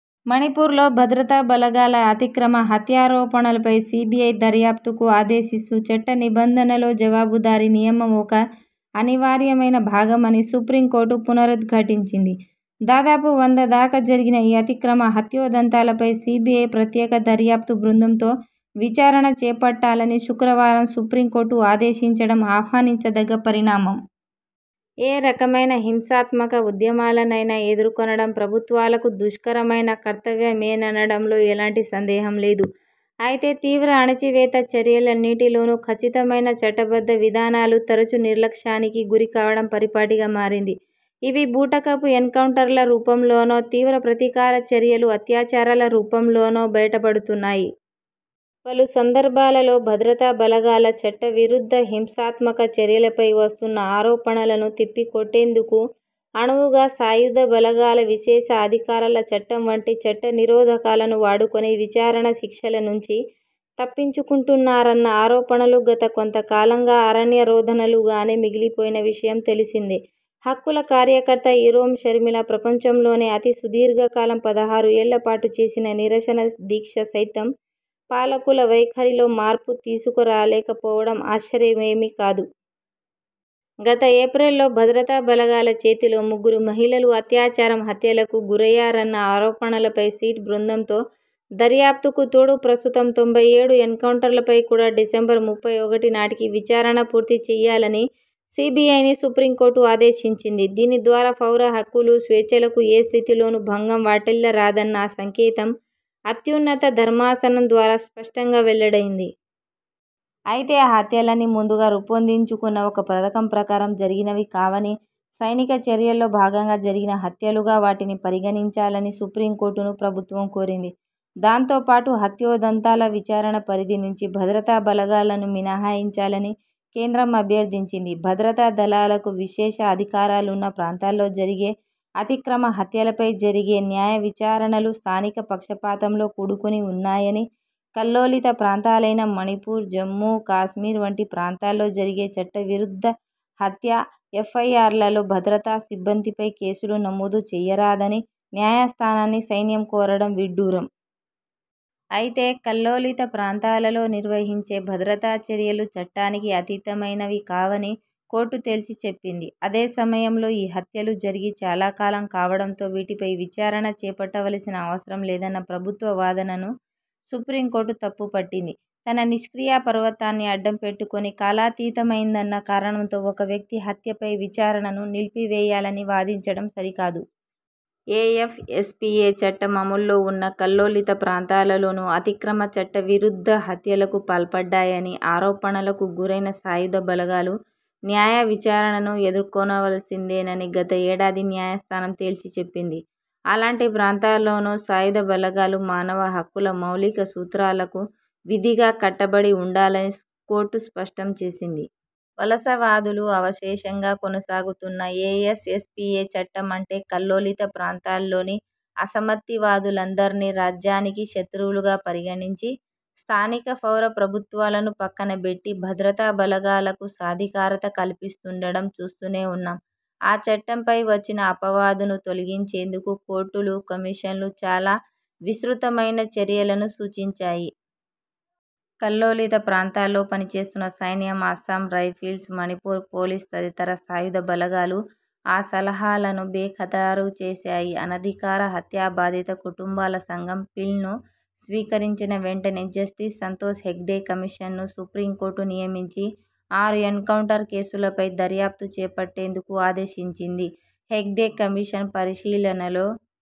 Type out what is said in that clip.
మణిపూర్లో భద్రతా బలగాల అతిక్రమ హత్యారోపణలపై సీబీఐ దర్యాప్తుకు ఆదేశిస్తూ, చట్ట నిబంధనల్లో జవాబుదారీ నియమం ఒక అనివార్యమైన భాగమని సుప్రీంకోర్టు పునరుద్ఘాటించింది. దాదాపు వంద దాకా జరిగిన ఈ అతిక్రమ హత్యోదంతాలపై సీబీఐ ప్రత్యేక దర్యాప్తు బృందం తో విచారణ చేపట్టాలని శుక్రవారం సుప్రీంకోర్టు ఆదేశించడం ఆహ్వానించదగ్గ పరిణామం. ఏ రకమైన హింసాత్మక ఉద్యమాలనైనా ఎదుర్కొనడం ప్రభుత్వాలకు దుష్కరమైన కర్తవ్యమేననడంలో ఎలాంటి సందేహం లేదు. అయితే తీవ్ర అణచివేత చర్యలన్నిటిలోనూ కచ్చితమైన చట్టబద్ధ విధానాలు తరచూ నిర్లక్ష్యానికి గురికావడం పరిపాటిగా మారింది. ఇవి బూటకపు ఎన్కౌంటర్ల రూపంలోనో, తీవ్ర ప్రతీకార చర్యలు, అత్యాచారాల రూపంలోనో బయటపడుతున్నాయి. పలు సందర్బాలలో భద్రతా బలగాల చట్టవిరుద్ధ హింసాత్మక చర్యలపై వస్తున్న ఆరోపణలను తిప్పికొట్టేందుకు అనువుగా 'సాయుధ బలగాల విశేష అధికారాల చట్టం' వంటి చట్టనిరోధకాలను వాడుకొని విచారణ, శిక్షల నుంచి తప్పించుకుంటున్నారన్న ఆరోపణలు గత కొంత కాలంగా అరణ్యరోదనలుగానే మిగిలిపోయిన విషయం తెలిసిందే. హక్కుల కార్యకర్త ఇరోమ్ షర్మిల ప్రపంచంలోనే అతి సుదీర్ఘకాలం పదహారు ఏళ్ల పాటు చేసిన నిరసన దీక్ష సైతం పాలకుల వైఖరిలో మార్పు తీసుకురాలేక పోవడం ఆశ్చర్యమేమీ కాదు. గత ఏప్రిల్లో భద్రతా బలగాల చేతిలో ముగ్గురు మహిళలు అత్యాచారం, హత్యలకు గురయ్యారన్న ఆరోపణలపై సిట్ బృందంతో దర్యాప్తుకు తోడు, ప్రస్తుతం తొంభై ఏడు ఎన్కౌంటర్లపై కూడా డిసెంబర్ ముప్పై ఒకటి నాటికి విచారణ పూర్తి చేయాలని సీబీఐని సుప్రీంకోర్టు ఆదేశించింది. దీని ద్వారా పౌర హక్కులు, స్వేచ్ఛలకు ఏ స్థితిలోనూ భంగం వాటిల్లరాదన్న సంకేతం అత్యున్నత ధర్మాసనం ద్వారా స్పష్టంగా వెల్లడైంది. అయితే ఆ హత్యలన్నీ ముందుగా రూపొందించుకున్న ఒక పథకం ప్రకారం జరిగినవి కావనీ, 'సైనిక చర్యల్లో భాగంగా' జరిగిన హత్యలుగా వాటిని పరిగణించాలని సుప్రీంకోర్టును ప్రభుత్వం కోరింది. దాంతోపాటు హత్యోదంతాల విచారణ పరిధి నుంచి భద్రతా బలగాలను మినహాయించాలని కేంద్రం అభ్యర్థించింది. భద్రతా దళాలకు విశేష అధికారాలున్న ప్రాంతాల్లో జరిగే అతిక్రమ హత్యలపై జరిగే న్యాయవిచారణలు స్థానిక పక్షపాతం లో కూడుకుని ఉన్నాయని, కల్లోలిత ప్రాంతాలైన మణిపూర్, జమ్ము కశ్మీర్ వంటి ప్రాంతాల్లో జరిగే చట్టవిరుద్ధ హత్య ఎఫ్ఐఆర్లలో భద్రతా సిబ్బందిపై కేసులు నమోదు చేయరాదని న్యాయస్థానాన్ని సైన్యం కోరడం విడ్డూరం. అయితే 'కల్లోలిత ప్రాంతాలలో' నిర్వహించే భద్రతా చర్యలు చట్టానికి అతీతమైనవి కావని కోర్టు తేల్చి చెప్పింది. అదే సమయంలో ఈ హత్యలు జరిగి చాలాకాలం కావడంతో వీటిపై విచారణ చేపట్టవలసిన అవసరం లేదన్న ప్రభుత్వ వాదనను సుప్రీంకోర్టు తప్పు పట్టింది. తన నిష్క్రియాపరత్వాన్ని అడ్డం పెట్టుకుని కాలాతీతమైందన్న కారణంతో ఒకవ్యక్తి హత్యపై విచారణను నిలిపివేయాలని వాదించడం సరికాదు. ఏఎఫ్ఎస్పీఏ చట్టం అమలులో ఉన్న కల్లోలిత ప్రాంతాలలోనూ అతిక్రమ, చట్ట విరుద్ధ హత్యలకు పాల్పడ్డాయని ఆరోపణలకు గురైన సాయుధ బలగాలు న్యాయవిచారణను ఎదుర్కొనవలసిందేనని గత ఏడాది న్యాయస్థానం తేల్చి చెప్పింది. అలాంటి ప్రాంతాల్లోనూ సాయుధ బలగాలు మానవ హక్కుల మౌలిక సూత్రాలకు విధిగా కట్టబడి ఉండాలని కోర్టు స్పష్టం చేసింది. వలసవాదులు అవశేషంగా కొనసాగుతున్న ఏఎఫ్ఎస్పీఏ చట్టం అంటే కల్లోలిత ప్రాంతాల్లోని అసమ్మతివాదులందర్నీ రాజ్యానికి శత్రువులుగా పరిగణించి, స్థానిక పౌర ప్రభుత్వాలను పక్కన బెట్టి, భద్రతా బలగాలకు సాధికారిత కల్పిస్తుండడం చూస్తూనే ఉన్నాం. ఆ చట్టంపై వచ్చిన అపవాదును తొలగించేందుకు కోర్టులు, కమిషన్లు చాలా విస్తృతమైన చర్యలను సూచించాయి. కల్లోలిత ప్రాంతాల్లో పనిచేస్తున్న సైన్యం, అస్సాం రైఫిల్స్, మణిపూర్ పోలీస్ తదితర సాయుధ బలగాలు ఆ సలహాలను బేఖాతరు చేసాయి. 'అనధికార హత్యాబాధిత కుటుంబాల సంఘం' పిల్ను స్వీకరించిన వెంటనే జస్టిస్ సంతోష్ హెగ్డే కమిషన్ను సుప్రీంకోర్టు నియమించి ఆరు ఎన్కౌంటర్ కేసులపై దర్యాప్తు చేపట్టేందుకు ఆదేశించింది. హెగ్డే కమిషన్ పరిశీలనలో